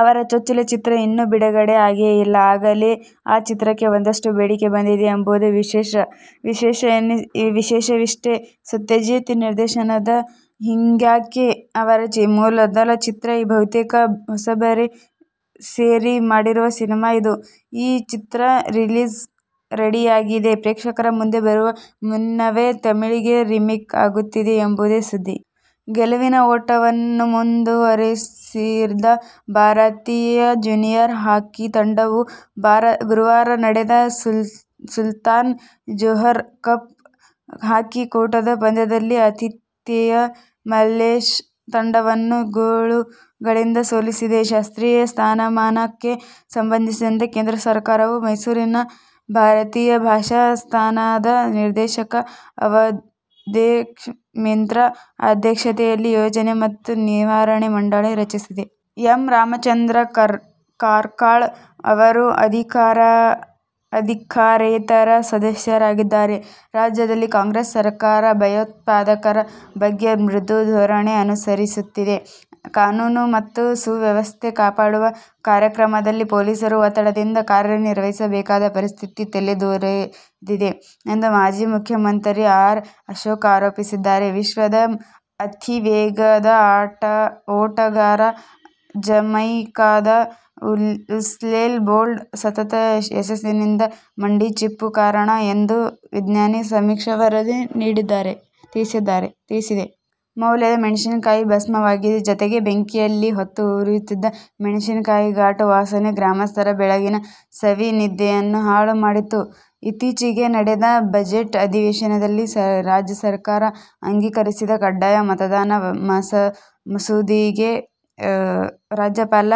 ಅವರ ಚೊಚ್ಚಲ ಚಿತ್ರ ಇನ್ನೂ ಬಿಡುಗಡೆಯೇ ಆಗಿಲ್ಲ. ಆಗಲೇ ಆ ಚಿತ್ರಕ್ಕೆ ಒಂದಷ್ಟು ಬೇಡಿಕೆ ಬಂದಿದೆ ಎಂಬುದು ವಿಶೇಷ. ವಿಷಯವಿಷ್ಟೇ, ಸತ್ಯಜಿತ್ ನಿರ್ದೇಶನದ ಹಿಂಗ್ಯಾಕೆ' ಅವರ ಮೊದಲ ಚಿತ್ರ. ಬಹುತೇಕ ಹೊಸಬರೇ ಸೇರಿ ಮಾಡಿರುವ ಸಿನಿಮಾ ಇದು. ಈ ಚಿತ್ರ ರಿಲೀಸ್ಗೆ ರೆಡಿಯಾಗಿದೆ. ಪ್ರೇಕ್ಷಕರ ಮುಂದೆ ಬರುವ ಮುನ್ನವೇ ತಮಿಳಿಗೆ ರಿಮೇಕ್ ಆಗುತ್ತಿದೆ ಎಂಬುದೇ ಸುದ್ದಿ. ಗೆಲುವಿನ ಓಟವನ್ನು ಮುಂದುವರಿಸಿದ ಭಾರತೀಯ ಜೂನಿಯರ್ ಹಾಕಿ ತಂಡವು ಗುರುವಾರ ನಡೆದ ಸುಲ್ತಾನ್ ಜೋಹರ್ ಕಪ್ ಹಾಕಿ ಕೂಟದ ಪಂದ್ಯದಲ್ಲಿ ಆತಿಥೇಯ ಮಲೇಶ್ಯ ತಂಡವನ್ನು ಗೋಲುಗಳಿಂದ ಸೋಲಿಸಿದೆ. ಶಾಸ್ತ್ರೀಯ ಸ್ಥಾನಮಾನಕ್ಕೆ ಸಂಬಂಧಿಸಿದಂತೆ ಕೇಂದ್ರ ಸರ್ಕಾರವು ಮೈಸೂರಿನ ಭಾರತೀಯ ಭಾಷಾ ಸಂಸ್ಥಾನದ ನಿರ್ದೇಶಕ ಅವಧೇಶ್ಕುಮಾರ್ ಮಿಶ್ರಾ ಅಧ್ಯಕ್ಷತೆಯಲ್ಲಿ ಯೋಜನೆ ಮತ್ತು ನಿರ್ವಹಣಾ ಮಂಡಳಿ ರಚಿಸಿದೆ. ಎಂ. ರಾಮಚಂದ್ರ ಕಾರ್ಕಳ ಅವರು ಅಧಿಕಾರೇತರ ಸದಸ್ಯರಾದ್ದಾರೆ. ರಾಜ್ಯದಲ್ಲಿ ಕಾಂಗ್ರೆಸ್ ಸರಕಾರ ಭಯೋತ್ಪಾದಕರ ಬಗ್ಗೆ ಮೃದು ಧೋರಣೆ ಅನುಸರಿಸುತ್ತಿದೆ. ಕಾನೂನು ಮತ್ತು ಸುವ್ಯವಸ್ಥೆ ಕಾಪಾಡುವ ಕಾರ್ಯದಲ್ಲಿ ಪೊಲೀಸರು ಒತ್ತಡದಿಂದ ಕಾರ್ಯ ನಿರ್ವಹಿಸಬೇಕಾದ ಪರಿಸ್ಥಿತಿ ತಲೆದೋರಿದೆ ಎಂದು ಮಾಜಿ ಉಪಮುಖ್ಯಮಂತ್ರಿ ಆರ್. ಅಶೋಕ್ ಆರೋಪಿಸಿದ್ದಾರೆ. ವಿಶ್ವದ ಅತಿ ವೇಗದ ಓಟಗಾರ ಜಮೈಕಾದ ಉಸೇನ್ ಬೋಲ್ಟ್ ಸತತ ಯಶಸ್ಸಿನ ಹಿಂದೆ ಮಂಡಿ ಚಿಪ್ಪು ಕಾರಣ ಎಂದು ವೈಜ್ಞಾನಿಕ ಸಮೀಕ್ಷೆ ವರದಿ ತಿಳಿಸಿದೆ. ಮೌಲ್ಯದ ಮೆಣಸಿನಕಾಯಿ ಭಸ್ಮವಾಗಿದೆ. ಜತೆಗೆ, ಬೆಂಕಿಯಲ್ಲಿ ಹೊತ್ತಿ ಉರಿಯುತ್ತಿದ್ದ ಮೆಣಸಿನ ಘಾಟು ವಾಸನೆ ಗ್ರಾಮಸ್ಥರ ಬೆಳಗಿನ ಸವಿ ನಿದ್ದೆಯನ್ನು ಹಾಳು ಮಾಡಿತು. ಇತ್ತೀಚೆಗೆ ನಡೆದ ಬಜೆಟ್ ಅಧಿವೇಶನದಲ್ಲಿ ರಾಜ್ಯ ಸರ್ಕಾರ ಅಂಗೀಕರಿಸಿದ್ದ ಕಡ್ಡಾಯ ಮತದಾನ ಮಸೂದೆಗೆ ರಾಜ್ಯಪಾಲ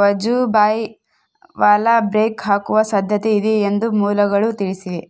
ವಜೂಭಾಯ್ ವಾಲಾ ಬ್ರೇಕ್ ಹಾಕುವ ಸಾಧ್ಯತೆ ಇದೆ ಎಂದು ಮೂಲಗಳು ತಿಳಿಸಿವೆ.